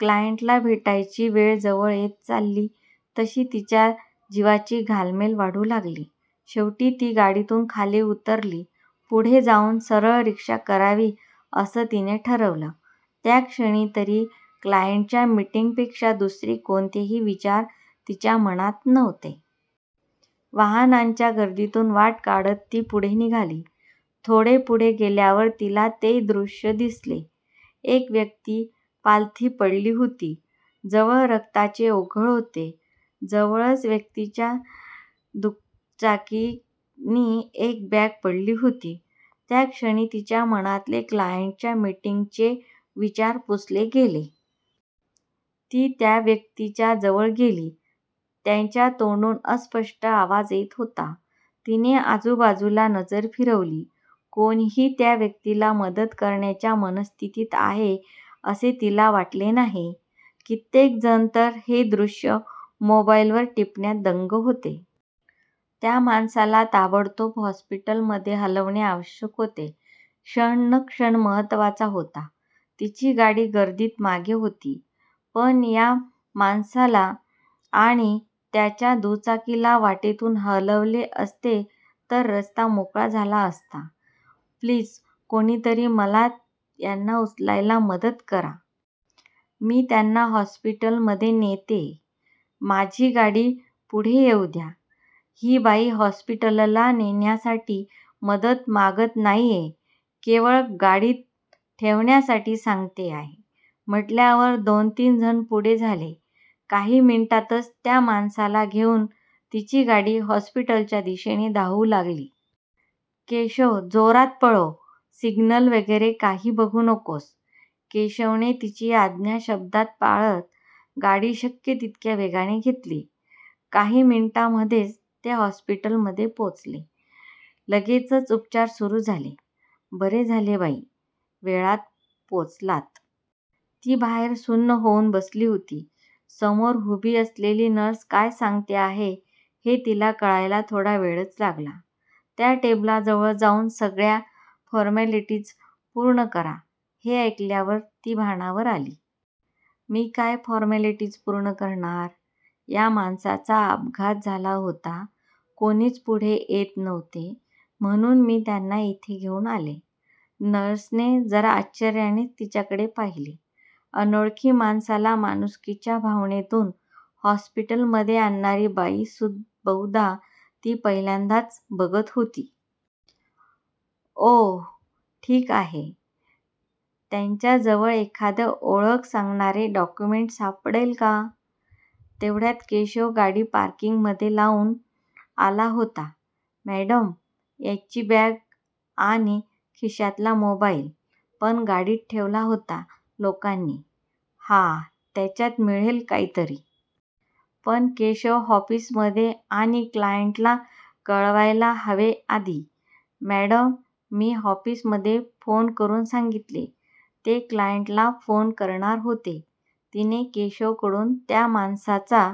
क्लायंटला भेटायची वेळ जवळ येत चालली तशी तिच्या जीवाची घालमेल वाढू लागली. शेवटी ती गाडीतून खाली उतरली. पुढे जाऊन सरळ रिक्षा करावी असं तिने ठरवलं. त्याक्षणी तरी क्लायंटच्या मिटिंगपेक्षा दुसरे कोणतेही विचार तिच्या मनात नव्हते. वाहनांच्या गर्दीतून वाट काढत ती पुढे निघाली. थोडे पुढे गेल्यावर तिला ते दृश्य दिसले. एक व्यक्ती पालथी पडली होती. जवळ रक्ताचे ओघळ होते. जवळच त्या व्यक्तीची दुचाकी नि एक बॅग पडली होती. त्या क्षणी तिच्या मनातले क्लायंटच्या मिटिंगचे विचार पुसले गेले. ती त्या व्यक्तीच्या जवळ गेली. त्यांच्या तोंडून अस्पष्ट आवाज येत होता. तिने आजूबाजूला नजर फिरवली. कोणीही त्या व्यक्तीला मदत करण्याच्या मनस्थितीत आहे असे तिला वाटले नाही. कित्येक जण तर हे दृश्य मोबाईलवर टिपण्यात दंग होते. त्या माणसाला ताबडतोब हॉस्पिटलमध्ये हलवणे आवश्यक होते. क्षण न क्षण महत्वाचा होता. तिची गाडी गर्दीत मागे होती. पण या माणसाला आणि त्याच्या दुचाकीला वाटेतून हलवले असते तर रस्ता मोकळा झाला असता. "प्लीज, कोणीतरी मला यांना उचलायला मदत करा. मी त्यांना हॉस्पीटलमध्ये नेतीये. माझी गाडी पुढे येऊ द्या. " ही बाई हॉस्पिटलला नेण्यासाठी मदत मागत नाहीये, केवळ गाडीत ठेवण्यासाठी सांगते आहे म्हटल्यावर दोन तीन जण पुढे झाले. काही मिनिटांतच त्या माणसाला घेऊन तिची गाडी हॉस्पिटलच्या दिशेने धावू लागली. "केशव, जोरात पळव. सिग्नल वगैरे काही बघू नकोस. " केशवने तिची आज्ञा शब्दशः पाळत गाडी शक्य तितक्या वेगात घेतली. काही मिनिटांमधेच ते हॉस्पिटलमध्ये पोचले. लगेचच उपचार सुरु झाले. "बरे झाले बाई, वेळात पोचलात. " ती बाहेर सुन्न होऊन बसली होती. समोर उभी असलेली नर्स काय सांगते आहे हे तिला कळायला थोडा वेळच लागला. "त्या टेबलाजवळ जाऊन सगळ्या फ़ोर्मालिटीज पूर्ण करा. " हे ऐकल्यावर ती भानावर आली. "मी काय फ़ोर्मालिटीज पूर्ण करणार? या माणसाचा अपघात झाला होता. कोणीच पुढे येत नव्हते म्हणून मी त्यांना इथे घेऊन आले. " नर्सने जरा आश्चर्यानेच तिच्याकडे पाहिले. अनोळखी माणसाला माणुसकीच्या भावनेतून हॉस्पिटलमध्ये आणणारी बाई बहुदा ती पहिल्यांदाच बघत होती. "ओह, ठीक आहे. त्यांच्या जवळ एखादे ओळख सांगणारे डॅाक्युमेंट सापडले का? "तेवढ्यात केशव गाडी पार्किंग मध्ये लाऊन आला होता. "मॅडम, यांची बॅग आणि खिशातला मोबाईल पण गाडीत ठेवला होता लोकांनी. ""हा. त्याच्यात मिळेल काहीतरी. पण केशव ऑफिसमध्ये आणि क्लायंटला कळवायला हवे आधी. ""मॅडम मी ऑफिसमध्ये फोन करून सांगितले. ते क्लायंटला फोन करणार होते. " तिने केशवकडून त्या माणसाचा